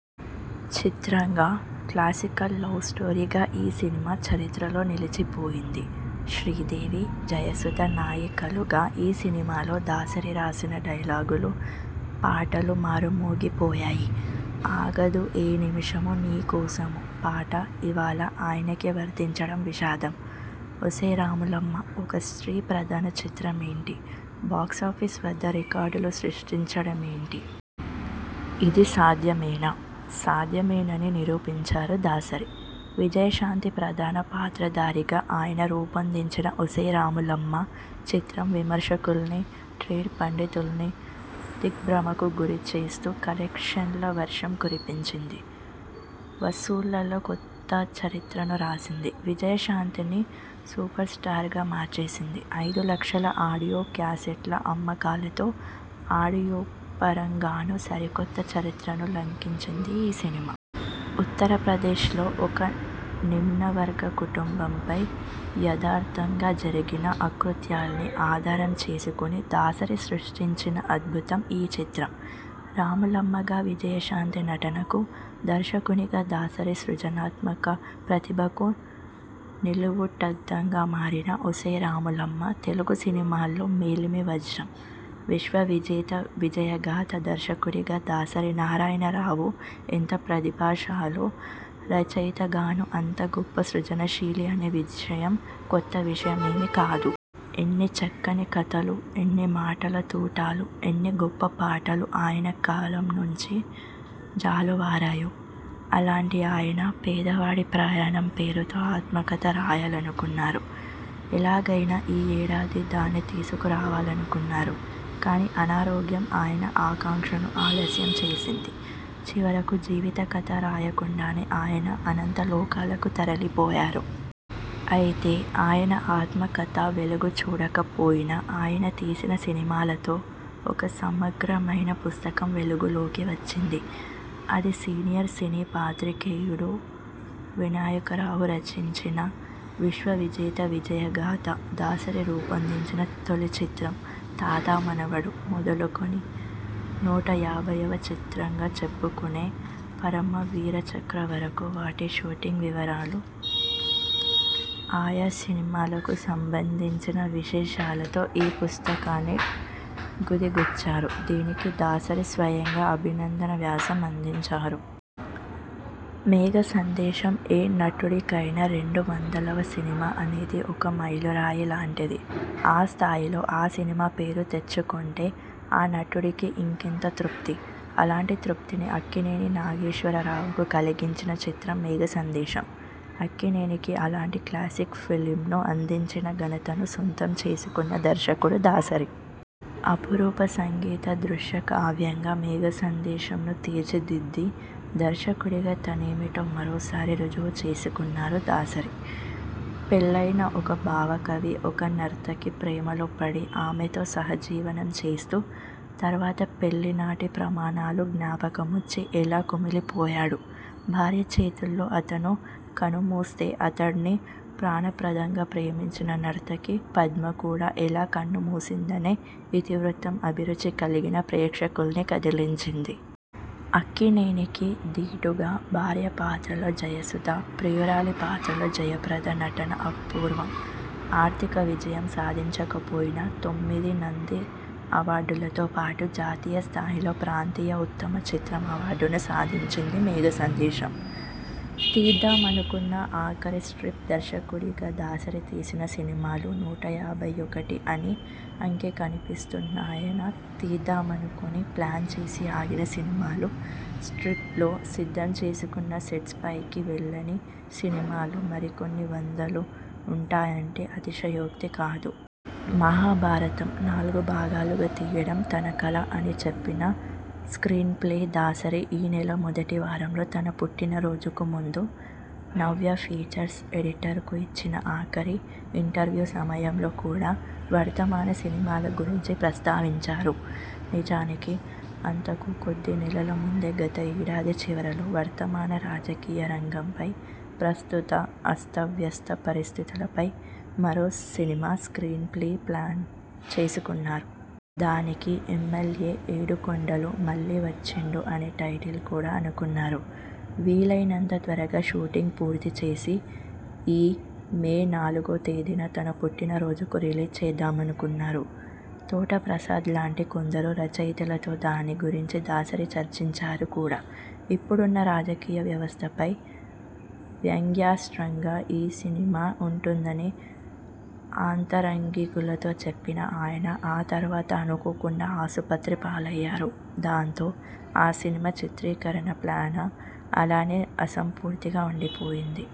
చిత్రంగా, క్లాసికల్ లవ్స్టోరీగా ఈ సినిమా చరిత్రలో నిలిచిపోయింది. శ్రీదేవి, జయసుధ నాయికలుగా ఈ సినిమాలో దాసరి రాసిన డైలాగులు, పాటలు మారుమోగి పోయాయి. 'ఆగదు ఏ నిమిషము నీ కోసమూ' పాట ఇవాళ ఆయనకే వర్తించడం విషాదం. ఒసేయ్ రాములమ్మా! ఒక స్త్రీ ప్రధాన చిత్రమేంటి బాక్సాఫీస్ వద్ద రికార్డులు సృష్టించడమేంటి? ఇది సాధ్యమేనా? సాధ్యమేనని నిరూపించారు దాసరి. విజయశాంతి ప్రధాన పాత్రధారిగా ఆయన రూపొందించిన 'ఒసేయ్ రాములమ్మా! ' చిత్రం విమర్శకుల్నీ, ట్రేడ్ పండితుల్నీ దిగ్భ్రమకు గురిచేస్తూ కలెక్షన్ల వర్షం కురిపించింది. వసూళ్లలో కొత్త చరిత్రను రాసింది. విజయశాంతిని సూపర్స్టార్గా మార్చేసింది. ఐదు లక్షల ఆడియో క్యాసెట్ల అమ్మకాలతో ఆడియోపరంగానూ సరికొత్త చరిత్రను లిఖించింది ఈ సినిమా. ఉత్తరప్రదేశ్ లో ఒక నిమ్నవర్గ కుటుంబంపై యథార్థంగా జరిగిన అకృత్యాల్ని ఆధారం చేసుకొని దాసరి సృష్టించిన అద్భుతం ఈ చిత్రం. రాములమ్మగా విజయశాంతి నటనకూ, దర్శకునిగా దాసరి సృజనాత్మక ప్రతిభకూ నిలువుటద్దంగా మారిన 'ఒసేయ్ రాములమ్మా! ' తెలుగు సినిమాల్లో మేలిమి వజ్రం. విశ్వవిజేత విజయగాథ దర్శకుడిగా దాసరి నారాయణరావు ఎంత ప్రతిభాశాలో, రచయితగానూ అంత గొప్ప సృజనశీలి అనే విషయం కొత్త విషయమేమీ కాదు. ఎన్ని చక్కని కథలు, ఎన్ని మాటల తూటాలు, ఎన్ని గొప్ప పాటలు ఆయన కలం నుంచి జాలువారాయో! అలాంటి ఆయన 'పేదవాడి ప్రయాణం' పేరుతో ఆత్మకథ రాయాలనుకున్నారు. ఎలాగైనా ఈ ఏడాది దాన్ని తీసుకు రావాలనుకున్నారు. కానీ అనారోగ్యం ఆయన ఆకాంక్షను ఆలస్యం చేసింది. చివరకు జీవిత కథ రాయకుండానే ఆయన అనంత లోకాలకు తరలిపోయారు. అయితే ఆయన ఆత్మకథ వెలుగు చూడకపోయినా, ఆయన తీసిన సినిమాలతో ఒక సమగ్రమైన పుస్తకం వెలుగులోకి వచ్చింది. అది సీనియర్ సినీ పాత్రికేయుడు యు. వినాయకరావు రచించిన 'విశ్వవిజేత విజయగాథ'. దాసరి రూపొందించిన తొలి చిత్రం 'తాత మనవడు' మొదలుకొని, నూట యాభైవ చిత్రంగా చెప్పుకొనే 'పరమవీరచక్ర' వరకూ, వాటి షూటింగ్ వివరాలు, ఆయా సినిమాలకు సంబంధించిన విశేషాలతో ఈ పుస్తకాన్ని గుదిగుచ్చారు దీనికి దాసరి స్వయంగా అభినందన వ్యాసం అందించారు. మేఘసందేశం ఏ నటుడికైనా రెండు వందలవ సినిమా అనేది ఒక మైలురాయి లాంటిది ఆ స్థాయిలో ఆ సినిమా పేరు తెచ్చుకొంటే ఆ నటుడికి ఇంకెంత తృప్తి. అలాంటి తృప్తిని అక్కినేని నాగేశ్వరరావుకు కలిగించిన చిత్రం 'మేఘసందేశం'. అక్కినేనికి అలాంటి క్లాసిక్ ఫిల్మ్ను అందించిన ఘనతను సొంతం చేసుకున్న దర్శకుడు దాసరి. అపురూప సంగీత దృశ్యకావ్యంగా 'మేఘసందేశం'ను తీర్చిదిద్ది దర్శకుడిగా తనేమిటో మరోసారి రుజువు చేసుకున్నారు దాసరి. పెళ్లయిన ఒక భావకవి ఒక నర్తకి ప్రేమలో పడి, ఆమెతో సహజీవనం చేస్తూ, తర్వాత పెళ్లినాటి ప్రమాణాలు జ్ఞాపకమొచ్చి ఎలా కుమిలిపోయాడు, భార్య చేతుల్లో అతను కనుమూస్తే, అతడ్ని ప్రాణప్రదంగా ప్రేమించిన నర్తకి పద్మ కూడా ఎలా కన్నుమూసిందనే ఇతివృత్తం అభిరుచి కలిగిన ప్రేక్షకుల్ని కదిలించింది. అక్కినేనికి దీటుగా భార్య పాత్రలో జయసుధ, ప్రియురాలి పాత్రలో జయప్రద నటన అపూర్వం. ఆర్థిక విజయం సాధించకపోయినా, తొమ్మిది నంది అవార్డులతో పాటు జాతీయ స్థాయిలో ప్రాంతీయ ఉత్తమ చిత్రం అవార్డును సాధించింది 'మేఘసందేశం'. తీద్దామనుకున్న ఆఖరి స్క్రిప్ట్ దర్శకుడిగా దాసరి తీసిన సినిమాలు నూటయాభై ఒకటి అని అంకె కనిపిస్తున్నాఆయన తీద్దామనుకొని, ప్లాన్ చేసి ఆగిన సినిమాలు, స్క్రిప్ట్లు సిద్ధం చేసుకున్నా సెట్స్ పైకి వెళ్ళని సినిమాలు మరికొన్ని వందలు ఉంటాయంటే అతిశయోక్తి కాదు. మహాభారతం నాలుగు భాగాలుగా తీయడం తన కల అని చెప్పిన స్క్రీన్ ప్లే దాసరి ఈ నెల మొదటి వారంలో తన పుట్టినరోజుకు ముందు నవ్య ఫీచర్స్ ఎడిటర్ కు ఇచ్చిన ఆఖరి ఇంటర్వ్యూ సమయంలో కూడా వర్తమాన సినిమాల గురించి ప్రస్తావించారు. నిజానికి, అంతకు కొద్ది నెలల ముందే గత ఏడాది చివరలో వర్తమాన రాజకీయ రంగంపై, ప్రస్తుత అస్తవ్యస్త పరిస్థితులపై మరో సినిమా స్క్రీన్ ప్లే ప్లాన చేసుకున్నారు. దానికి ఎమ్మెల్యే ఏడుకొండలు మళ్ళీ వచ్చిండు అనే టైటిల్ కూడా అనుకున్నారు. వీలైనంత త్వరగా షూటింగ్ పూర్తి చేసి, ఈ మే నాలుగో తేదీన తన పుట్టినరోజుకు రిలీజ్ చేద్దామనుకున్నారు. తోట ప్రసాద్ లాంటి కొందరు రచయితలతో దాని గురించి దాసరి చర్చించారు కూడా. ఇప్పుడున్న రాజకీయ వ్యవస్థపై వ్యంగ్యాస్త్రంగా ఈ సినిమా ఉంటుందని ఆంతరంగికులతో చెప్పిన ఆయన ఆ తరువాత అనుకోకుండా ఆసుపత్రి పాలయ్యారు. దాంతో, ఆ సినిమా చిత్రీకరణ ప్లాన అలానే అసంపూర్తిగా ఉండిపోయింది.